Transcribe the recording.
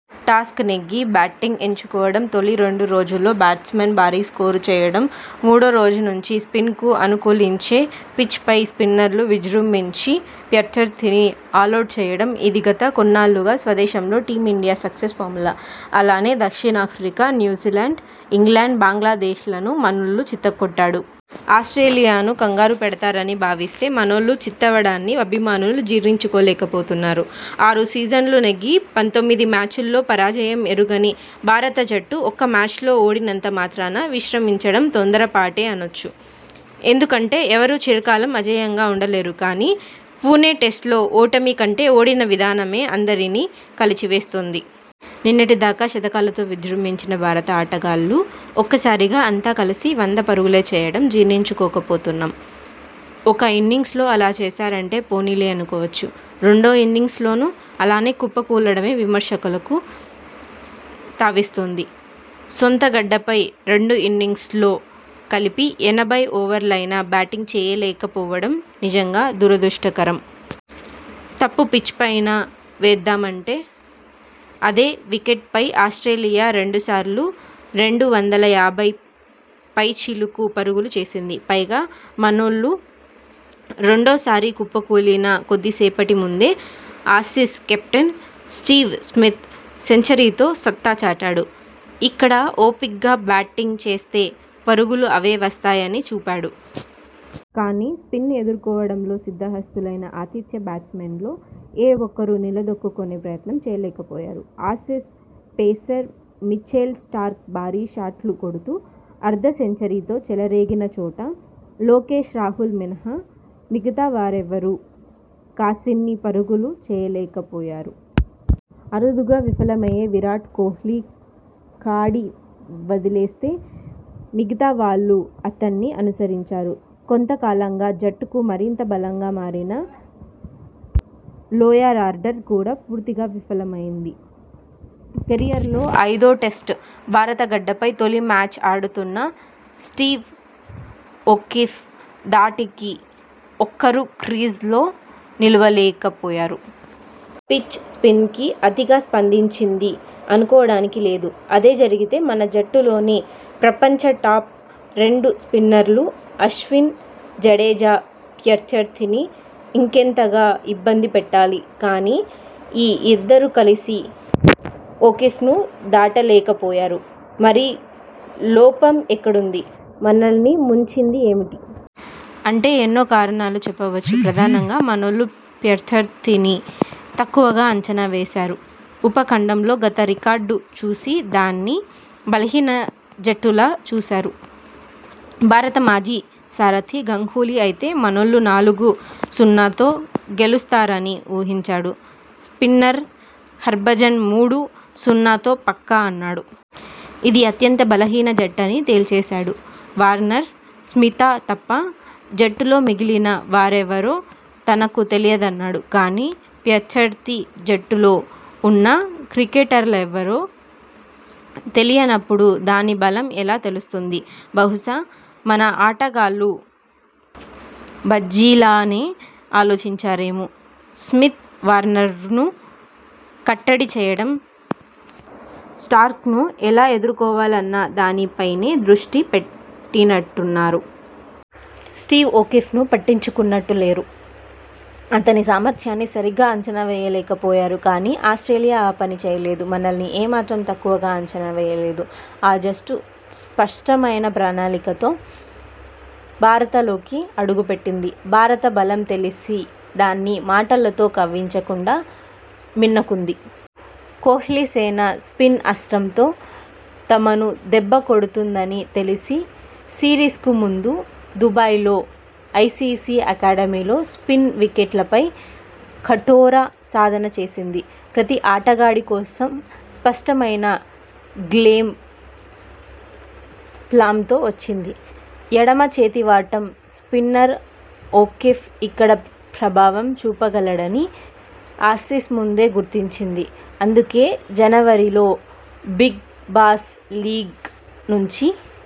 Toss నెగ్గి batting ఎంచు కోవడం, తొలి రెండు రోజుల్లో బ్యాట్స్మెన్ భారీ స్కోరు చేయడంమూడో రోజు నుంచి స్పిన్కు అను కూలించే పిచ్పై స్పిన్నర్లు విజృంభించి ప్రత్యర్థిని ఆలౌట్ చేసేయడం.! ఇదీ గత కొన్నాళ్లుగా స్వదేశంలో టీమిండియా సక్సెస్ ఫార్ములా. అలానే, దక్షిణాఫ్రికా, న్యూజిలాండ్, ఇంగ్లండ్, బంగ్లాదేశ్లను మనోళ్లు చితక్కొట్టాడు! ఆస్ట్రేలియా ను కంగారు పెడతారని భావిస్తే మనోళ్లే చిత్తవడాన్ని అభిమానులు జీర్ణించుకోలేకపోతున్నారు.! ఆరు సిరీస్లు నెగ్గి, పంతొమ్మిది మ్యాచ్ల్లో పరాజయం ఎరుగని భారత జట్టు ఒక్క మ్యాచ్లో ఓడినంత మాత్రాన విమర్శించడం తొందర పాటే అనొచ్చు. ఎందు కంటే ఎవరూ చిరకాలం అజేయంగా ఉండలేరు. కానీ, పుణె టెస్టులో ఓటమి కంటే ఓడిన విధానమే అందరినీ కలచి వేస్తోంది.! నిన్నటి దాకా శతకాలతో విజృంభించిన భారత ఆటగాళ్లు ఒక్క సారిగా అంతా కలిసి వంద పరుగులే చేయడం జీర్ణించుకోకపోతున్నాం. ఒక్క ఇన్నింగ్స్లో అలా చేశారంటే పోనీలే అనుకోవచ్చు. రెండో ఇన్నింగ్స్లోనూ అలానే కుప్ప కూలడమే విమర్శలకు తావిస్తోంది. సొంత గడ్డపై రెండు ఇన్నింగ్స్ల్లో కలిపి ఎనభై ఓవర్లయినా బ్యాటింగ్ చేయలేక పోవడం నిజంగా దురదృష్టకరం. తప్పు పిచ్పైన వేద్దామంటే అదే వికెట్పై ఆస్ట్రేలియా రెండు సార్లు రెండు వందల యాభై పైచిలుకు పరుగులు చేసింది. పైగా, మనోళ్లు రెండో సారి కుప్పకూలిన కొద్దిసేపటి ముందే ఆసీస్ కెప్టెన్ స్టీవ్ స్మిత్ సెంచరీతో సత్తా చాటాడు. ఇక్కడ ఓపిగ్గా బ్యాటింగ్ చేస్తే పరుగులు అవే వస్తాయని చూపాడు. కానీ, స్పిన్ను ఎదుర్కోవడంలో సిద్ధ హస్తులైన ఆతిథ్య బ్యాట్స్మెన్లో ఏ ఒక్కరూ నిల దొక్కుకునే ప్రయత్నం చేయలేక పోయారు. ఆసీస్ పేసర్ మిచెల్ స్టార్క్ భారీ షాట్లు కొడుతూ అర్ధ సెంచరీతో చెలరేగిన చోట లోకేశ్ రాహుల్ మినహా మిగతావారెవరూ కాసిన్ని పరుగులు చేయలేక పోయారు. అరుదుగా విఫలమయ్యే విరాట్ కోహ్లీ కాడి వదిలేస్తే మిగతా వాళ్లూ అతణ్ణి అనుసరించారు. కొంత కాలంగా జట్టుకు మరింత బలంగా మారిన లోయరార్డర్ కూడా పూర్తిగా విఫలమైంది. కెరీర్లో ఐదో టెస్టు, భారత గడ్డపై తొలి మ్యాచ్ ఆడుతున్న స్టీవ్ ఒకీఫ్ ధాటికి ఒక్కరూ క్రీజులో నిలువ లేకపోయారు. పిచ్ స్పిన్కు అతిగా స్పందించింది అనుకోవడానికీ లేదు. అదే జరిగితే మన జట్టులోని ప్రపంచ టాప్, రెండు స్పిన్నర్లు అశ్విన్, జడేజా ప్రత్యర్థిని ఇంకెంతగా ఇబ్బంది పెట్టాలి. కానీ, ఈ ఇద్దరూ కలిసి ఒకీఫ్ను దాటలేక పోయారు. మరి లోపం ఎక్కడుంది? మనల్ని ముంచింది ఏమిటి? అంటే ఎన్నో కారణాలు చెప్పొచ్చు. ప్రధానంగా, మనోళ్లు ప్రత్యర్థిని తక్కువగా అంచనా వేశారు. ఉప ఖండంలో గత రికార్డు చూసి దాన్ని బలహీన జట్టులా చూశారు. భారత మాజీ సారథి గంగూలీ అయితే మనోళ్లు నాలుగు, సున్నాతో గెలుస్తారని ఊహించాడు. స్పిన్నర్ హర్భజన్ మూడు, సున్నాతో పక్కా అన్నాడు. ఇది అత్యంత బలహీన జట్టని తేల్చేశాడు. వార్నర్, స్మిత తప్ప జట్టులో మిగిలిన వారెవరో తనకు తెలియదన్నాడు. కానీ, ప్రత్యర్థి జట్టులో ఉన్న క్రికెటర్లవరో తెలియనప్పుడు దాని బలం ఎలా తెలుస్తుంది? బహుశా మన ఆటగాళ్లూ భజ్జీలానే ఆలోచించారేమో! స్మిత్, వార్నర్ను కట్టడి చేయడం, స్టార్క్ను ఎలా ఎదుర్కోవాలన్న దానిపైనే దృష్టి పెట్టినట్టున్నారు. స్టీవ్ ఒకీఫ్ను పట్టించుకున్నట్టు లేరు. అతని సామర్థ్యాన్ని సరిగ్గా అంచనా వేయలేక పోయారు. కానీ, ఆస్ట్రేలియా ఆ పని చేయలేదు. మనల్ని ఏ మాత్రం తక్కువగా అంచనా వేయలేదు. ఆ జట్టు స్పష్టమైన ప్రణాళికతో భారతలోకి అడుగు పెట్టింది. భారత బలం తెలిసి దాన్ని మాటలతో కవ్వించకుండా మిన్నకుంది. కోహ్లీసేన స్పిన్ అస్త్రంతో తమను దెబ్బ కొడుతుందని తెలిసి సిరీస్కు ముందు దుబాయ్లో ఐసీసీ అకాడమీలో స్పిన్ వికెట్లపై కఠోర సాధన చేసింది. ప్రతీ ఆటగాడి కోసం స్పష్టమైన గ్లేమ్ ప్లామ్తో వచ్చింది. ఎడమ చేతి వాటం స్పిన్నర్ ఒకీఫ్ ఇక్కడ ప్రభావం చూపగలడని ఆసీస్ ముందే గుర్తించింది. అందుకే, జనవరిలో బిగ్ బాష్ లీగ్ నుంచి